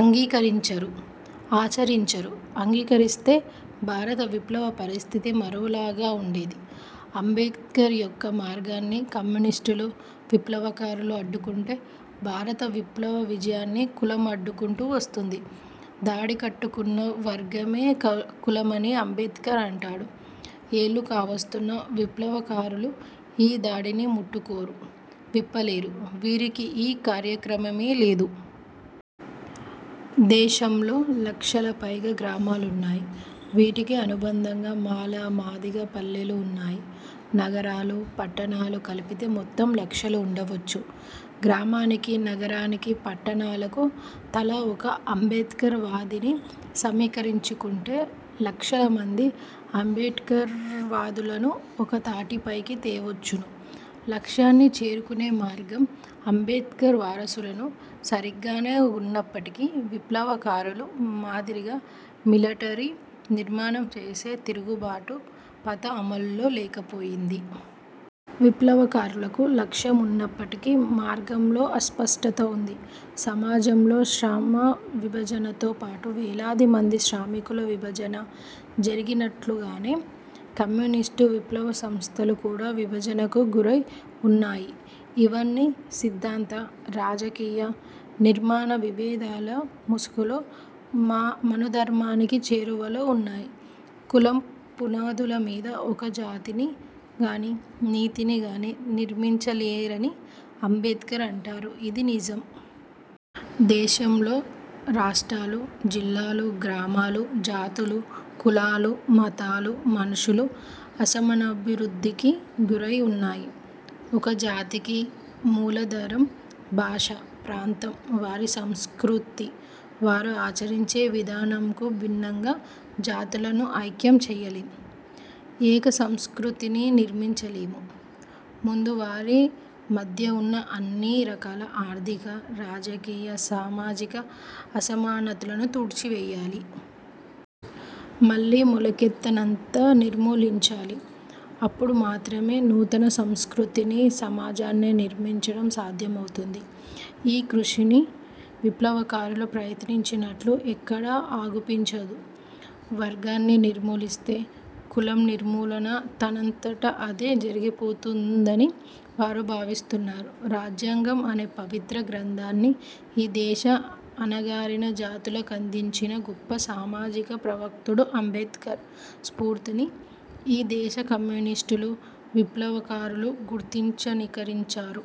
అంగీకరించరు, ఆచరించరు. అంగీకరిస్తే భారత విప్లవ పరిస్థితి మరోలాగా వుండేది. అంబేడ్కర్ యొక్క మార్గాన్ని కమ్యూనిష్టులు, విప్లవకారులు అడ్డుకుంటే, భారత విప్లవ విజయాన్ని కులం అడ్డుకుంటూవస్తున్నది. దడి కట్టుకున్న వర్గమే కులమని అంబేడ్కర్ అంటాడు. ఏళ్లు కావస్తున్నా విప్లవకారులు ఈ దడిని ముట్టుకోరు, విప్పలేరు. వీరికి ఈ కార్యక్రమమే లేదు. దేశంలో లక్షలకు పైగా గ్రామాలున్నాయి. వీటికి అనుబంధంగా మాల, మాదిగ పల్లెలు వున్నాయి. నగరాలు, పట్టణాలు కలిపితే మొత్తం లక్షలు ఉండవచ్చు. గ్రామానికి, నగరానికి, పట్టణాలకు తల ఒక అంబేడ్కర్ వాదిని సమీకరించుకుంటే లక్షల మంది అంబేడ్కర్వాదులను ఒక తాటిపైకి తేవచ్చును. లక్ష్యాన్ని చేరుకునే మార్గం అంబేడ్కర్ వారసులకు సరిగ్గానే ఉన్నప్పటికి విప్లవకారుల మాదిరిగా మిలటరీ నిర్మాణం చేసే తిరుగుబాటు పంథా అమల్లో లేకపోయింది. విప్లవకారులకు లక్ష్యం ఉన్నప్పటికి మార్గంలో అస్పష్టత ఉంది. సమాజంలో శ్రమ విభజనతో పాటు వేలాది మంది శ్రామికుల విభజన జరిగినట్లుగానే కమ్యూనిస్టు విప్లవ సంస్థలు కూడా విభజనకు గురై వున్నాయి. ఇవన్నీ సిద్ధాంత, రాజకీయ, నిర్మాణ విభేదాల ముసుగులో మనుధర్మానికి చేరువలో వున్నాయి. కులం పునాదుల మీద ఒక జాతిని గానీ, నీతినిగానీ, నిర్మించలేరని అంబేడ్కర్ అంటారు ఇది నిజం. దేశంలో రాష్ట్రాలు, జిల్లాలు, గ్రామాలు, జాతులు, కులాలు, మతాలు, మనుషులు అసమానాభివృద్ధికి గురై ఉన్నాయి. ఒక జాతికి మూలాధారం భాష, ప్రాంతం, వారి సంస్కృతి వారు ఆచరించే విధానంకు భిన్నంగా జాతులను ఐక్యం చేయలేం. ఏక సంస్కృతిని నిర్మించలేము. ముందు వారి మధ్యవున్న అన్ని రకాల ఆర్థిక, రాజకీయ, సామాజిక అసమానతలను తుడిచివేయాలి. మళ్లీ మొలకెత్తనంత నిర్మూలించాలి. అప్పుడు మాత్రమే నూతన సంస్కృతిని, సమాజాన్ని నిర్మించడం సాధ్యమౌతుంది. ఈ కృషిని విప్లవకారులు ప్రయత్నించినట్లు ఎక్కడా అగుపించదు. వర్గాన్ని నిర్మూలిస్తే, కులం నిర్మూలన తనంతట అదే జరిగిపోతుందని వారు భావిస్తున్నారు. రాజ్యాంగం అనే పవిత్ర గ్రంథాన్ని ఈ దేశ అణగారిన జాతులకందించిన గొప్ప సామాజిక ప్రవర్తుడు అంబేడ్కర్ స్ఫూర్తిని ఈ దేశ కమ్యూనిస్టులు, విప్లవ కారులు గుర్తించనకరించారు.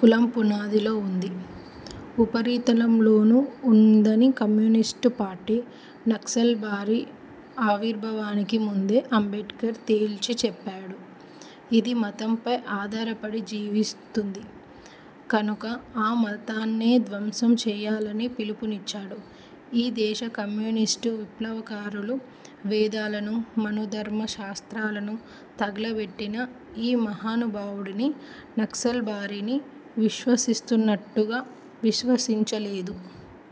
కులం పునాదిలో వుంది, ఉపరితలంలోనూ వుందని కమ్యూనిష్టుపార్టీ, నక్సల్బరి ఆవిర్భావానికి ముందే అంబేడ్కర్ తేల్చి చెప్పాడు. ఇది మతం పై ఆధారపడి జీవిస్తుంది కనుక ఆ మతాన్నే ధ్వంసం చేయాలని పిలుపునిచ్చాడు. ఈ దేశ కమ్యూనిస్టు విప్లవకారులు వేదాలను, మనుధర్మ శాస్త్రాలను, తగులబెట్టిన ఈ మహానుభావుడిని నక్సల్బరీని విశ్వశిస్తూన్నటుగా విశ్వసించలేదు.